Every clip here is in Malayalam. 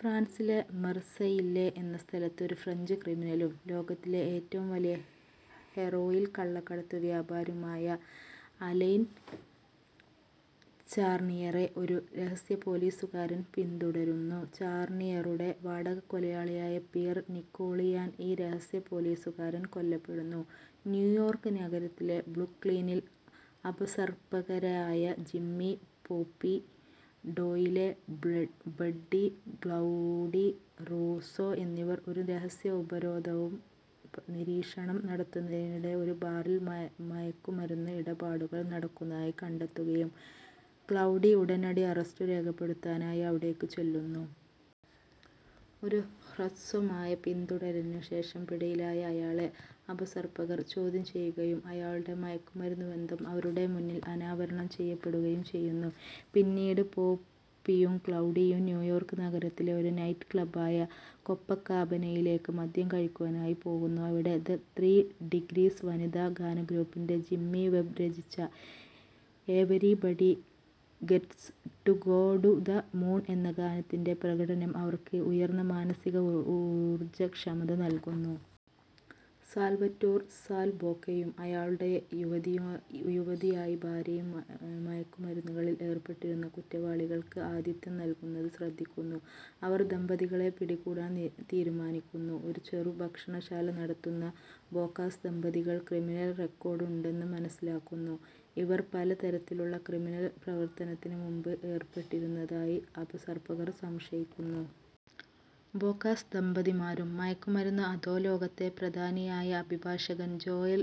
ഫ്രാൻസിലെ മാർസെയില്ലെ എന്ന സ്ഥലത്ത് ഒരു ഫ്രഞ്ച് ക്രിമിനലും ലോകത്തിലെ ഏറ്റവും വലിയ ഹെറോയിൻ കള്ളക്കടത്തു വ്യാപാരിയുമായ അലൈൻ ചാർണിയറെ ഒരു രഹസ്യപ്പോലീസുകാരൻ പിന്തുടരുന്നു. ചാർണിയറുടെ വാടകക്കൊലയാളിയായ പിയർ നിക്കോളിയാൽ ഈ രഹസ്യ പോലീസുകാരൻ കൊല്ലപ്പെടുന്നു. ന്യൂയോർക്ക് നഗരത്തിലെ ബ്രൂക്ലിനിൽ അപസർപ്പകരായ Jimmy "Popeye" Doyle, Buddy "Cloudy Russo എന്നിവർ ഒരു രഹസ്യ ഉപരോധവും നിരീക്ഷണം നടത്തുന്നതിനിടെ ഒരു ബാറിൽ മയക്കു മരുന്ന് ഇടപാടുകൾ നടക്കുന്നതായി കണ്ടെത്തുകയും ക്ലൗഡി ഉടനടി അറസ്റ്റു രേഖപ്പെടുത്താനായി അവിടേയ്ക്കു ചെല്ലുന്നു. ഒരു ഹ്രസ്വമായ പിന്തുടരലിനുശേഷം പിടിയിലായ അയാളെ അപസർപ്പകർ ചോദ്യം ചെയ്യുകയും അയാളുടെ മയക്കുമരുന്നുബന്ധം അവരുടെ മുന്നിൽ അനാവരണം ചെയ്യപ്പെടുകയും ചെയ്യുന്നു. പിന്നീട്, പോപ്പിയും ക്ലൗഡിയും ന്യൂയോർക്ക് നഗരത്തിലെ ഒരു നൈറ്റ് ക്ലബ്ബായ കൊപ്പക്കാബനയിലേയ്ക്ക് മദ്യം കഴിക്കുവാനായി പോകുന്നു. അവിടെ 'ദ ത്രീ ഡിഗ്രീസ്' വനിതാ ഗാനട്രൂപ്പിൻ്റെ ജിമ്മി വെബ്ബ് രചിച്ച "everybody gets to go to the moon" എന്ന ഗാനത്തിൻ്റെ പ്രകടനം അവർക്ക് ഉയർന്ന മാനസിക ഊർജ്ജക്ഷമത നൽകുന്നു. സാൽവറ്റോർ "സാൽ" ബോക്കയും അയാളുടെ യുവതിയായി ഭാര്യയും മയക്കുമരുന്നുകളിൽ ഏർപ്പെട്ടിരുന്ന കുറ്റവാളികൾക്ക് ആതിഥ്യം നൽകുന്നത് ശ്രദ്ധിക്കുന്നു. അവർ ദമ്പതികളെ പിടികൂടാൻ തീരുമാനിക്കുന്നു. ഒരു ചെറു ഭക്ഷശാല നടത്തുന്ന ബോക്കാസ് ദമ്പതികൾക്ക് ക്രിമിനൽ റെക്കോർഡ് ഉണ്ടെന്നു മനസ്സിലാക്കുന്നു. ഇവർ പല തരത്തിലുള്ള ക്രിമിനൽ പ്രവർത്തനത്തിൽ മുമ്പ് ഏർപ്പെട്ടിരുന്നതായി അപസർപ്പകർ സംശയിക്കുന്നു. ബോക്കാസ് ദമ്പതിമാരും മയക്കു മരുന്ന് അധോലോകത്തെ പ്രധാനിയായ അഭിഭാഷകൻ ജോയൽ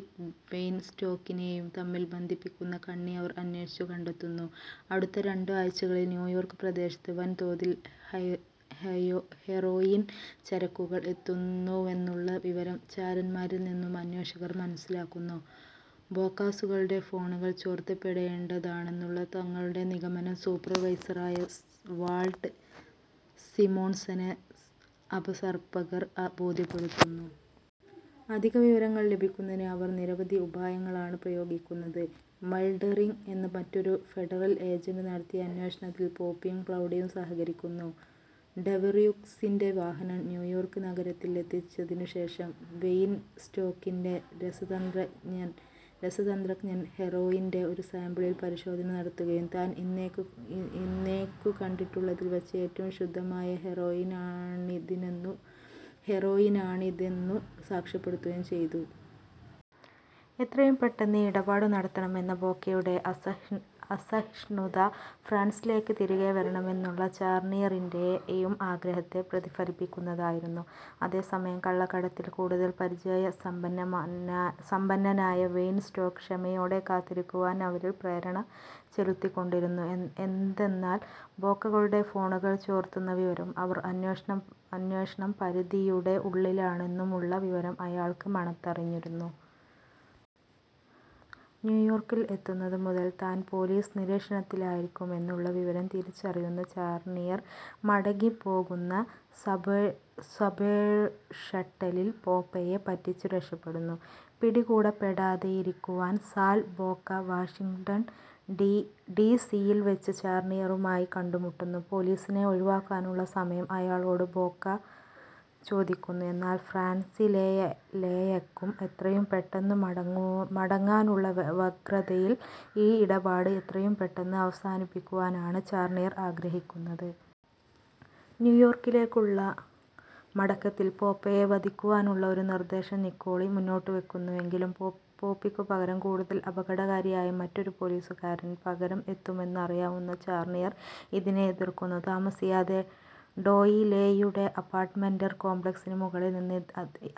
വെയ്ൻസ്റ്റോക്കിനേയും തമ്മിൽ ബന്ധിപ്പിക്കുന്ന കണ്ണി അവർ അന്വേഷിച്ചു കണ്ടെത്തുന്നു. അടുത്ത രണ്ടു ആഴ്ചകളിൽ ന്യൂയോർക്ക് പ്രദേശത്ത് വൻതോതിൽ ഹെറോയിൻ ചരക്കുകൾ എത്തുന്നുവെന്നുള്ള വിവരം ചാരന്മാരിൽനിന്നു അന്വേഷകർ മനസ്സിലാക്കുന്നു. ബോക്കാസുകളുടെ ഫോണുകൾ ചോർത്തപ്പേടേണ്ടതാണെന്നുള്ള തങ്ങളുടെ നിഗമനം സൂപ്പർവൈസറായ വാൾട്ട് സിമോൺസനെ അപസർപ്പകർ ബോധ്യപ്പെടുത്തുന്നു. അധിക വിവരങ്ങൾ ലഭിക്കുന്നതിന് അവർ നിരവധി ഉപായങ്ങളാണ് പ്രയോഗിക്കുന്നത്. മൽഡെറിഗ് എന്ന മറ്റൊരു ഫെഡറൽ ഏജൻ്റ് നടത്തിയ അന്വേഷണത്തിൽ പോപ്പിയും ക്ലൗഡിയും സഹകരിക്കുന്നു. ഡെവെറ്യൂക്സിൻ്റെ വാഹനം ന്യയോർക്ക് നഗരത്തിൽ എത്തിച്ചതിനു ശേഷം വെയിൻസ്റ്റോക്കിൻ്റെ രസതന്ത്രജ്ഞൻ ഹെറോയിൻ്റെ ഒരു സാമ്പിളിൽ പരിശോധന നടത്തുകയും താൻ ഇന്നേയ്ക്കു കണ്ടിട്ടുള്ളതിൽവച്ച് ഏറ്റവും ശുദ്ധമായ ഹെറോയിനാണിതെന്നു സാക്ഷ്യപ്പെടുത്തുകയും ചെയ്തു. എത്രയും പെട്ടെന്ന് ഇടപാടു നടത്തമെന്ന ബോക്കയുടെ അസഹിഷ്ണുത ഫ്രാൻസിലേയ്ക്ക് തിരികെ വരണമെന്നുള്ള ചാർണിയറിൻ്റെയും ആഗ്രഹത്തെ പ്രതിഫലിപ്പിക്കുന്നതായിരുന്നു. അതേസമയം കള്ളക്കടത്തിൽ കൂടുതൽ പരിചയസമ്പന്നനായ വെയിൻസ്റ്റോക്ക് ക്ഷമയോടെ കാത്തിരിക്കുവാൻ അവരിൽ പ്രേരണ ചെലുത്തിക്കൊണ്ടിരുന്നു, എന്തന്നാൽ ബോക്കകളുടെ ഫോണുകൾ ചോർത്തുന്ന വിവരവും അവർ അന്വേഷണം പരിധിയുടെ ഉള്ളിലാണെന്നുമുള്ള വിവരം അയാൾക്ക് മണത്തറിഞ്ഞിരുന്നു. ന്യൂയോർക്കിൽ എത്തുന്നതു മുതൽ താൻ പോലീസ് നിരീക്ഷണത്തിലായിരിക്കുമെന്നുള്ള വിവരം തിരിച്ചറിയുന്ന ചാർണിയർ മടങ്ങിപ്പോകുന്ന സബ്വേ ഷട്ടലിൽ പോപ്പെയെ പറ്റിച്ചു രക്ഷപെടുന്നു. പിടികൂടപ്പെടാതെയിരിക്കുവാൻ സാൽ ബോക്ക വാഷിംഗ്ടൺ ഡി. സിയിൽവച്ച് ചാർണിയറുമായി കണ്ടുമുട്ടുന്നു. പോലീസിനെ ഒഴിവാക്കാനുള്ള സമയം അയാളോടു ബോക്കാ ചോദിക്കുന്നു. എന്നാൽ ഫ്രാൻസിലേയക്കു എത്രയും പെട്ടെന്നു മടങ്ങാനുള്ള വ്യഗ്രതയിൽ ഈ ഇടപാട് എത്രയും പെട്ടെന്നു അവസാനിപ്പിക്കുവാനാണ് ചാർണിയർ ആഗ്രഹിക്കുന്നത്. ന്യൂയോർക്കിലേക്കുള്ള മടക്കത്തിൽ പോപ്പേയെ വധിക്കുവാനുള്ള ഒരു നിർദ്ദേശം നിക്കോളി മുന്നോട്ടുവയക്കുന്നുവെങ്കിലും പോപ്പിയ്ക്കു പകരം കൂടുതൽ അപകടകാരിയായ മറ്റൊരു പോലീസുകാരൻ പകരം എത്തുമെന്നറിയാവുന്ന ചാർണിയർ ഇതിനെ എതിർക്കുന്നു. താമസിയാതെ, ഡോയിലെയുടെ അപ്പാർട്ടമെനൻ്റ് കോംപ്ലക്സിനു മുകളിൽനിന്ന്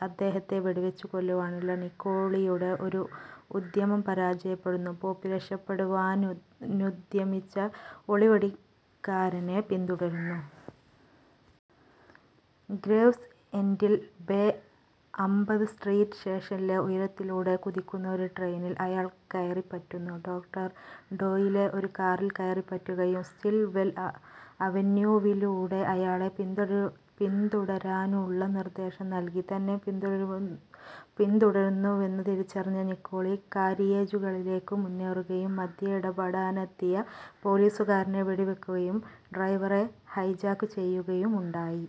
അദ്ദേഹത്തെ വെടിവച്ചു കൊല്ലുവാനുള്ള നിക്കോളിയുടെ ഒരു ഉദ്യമം പരാജയപ്പെടുന്നു. പോപ്പി രക്ഷപെടുവാനുദ്യമിച്ച ഒളിവെടിക്കാരനെ പിന്തുടരുന്നു. ഗ്രേവ്സ്എൻ്റിൽ, ബേ അൻപത് സ്ട്രീറ്റ് സ്റ്റേഷനിലെ ഉയരത്തിലൂടെ കുതിക്കുന്ന ഒരു ട്രെയിനിൽ അയാൾ കയറിപ്പറ്റുന്നു. ഡോ ഡോയിലെ ഒരു കാറിൽ കയറിപ്പറ്റുകയും സ്റ്റിൽവെൽ അവന്യൂവിലൂടെ അയാളെ പിന്തുടരാനുമുള്ള നിർദ്ദേശം നൽകി. തന്നെ പിന്തുടരുന്നുവെന്നു തിരിച്ചറിഞ്ഞ നിക്കോളി, കാരിയേജുകളിലേയ്ക്കു മുന്നേറുകയും മദ്ധ്യേ ഇടപെടാനെത്തിയ പോലീസുകാരനെ വെടിവയ്ക്കുകയും ഡ്രൈവറെ ഹൈജാക്ക് ചെയ്യുകയുമുണ്ടായി.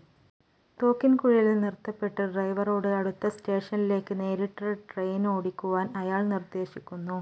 തോക്കിൻ കുഴലിൽ നിർത്തപ്പെട്ട് ഡ്രൈവറോട് അടുത്ത സ്റ്റേഷനിലേയ്ക്ക് നേരിട്ട് ട്രെയിനോടിക്കുവാൻ അയാൾ നിർദ്ദേശിക്കുന്നു.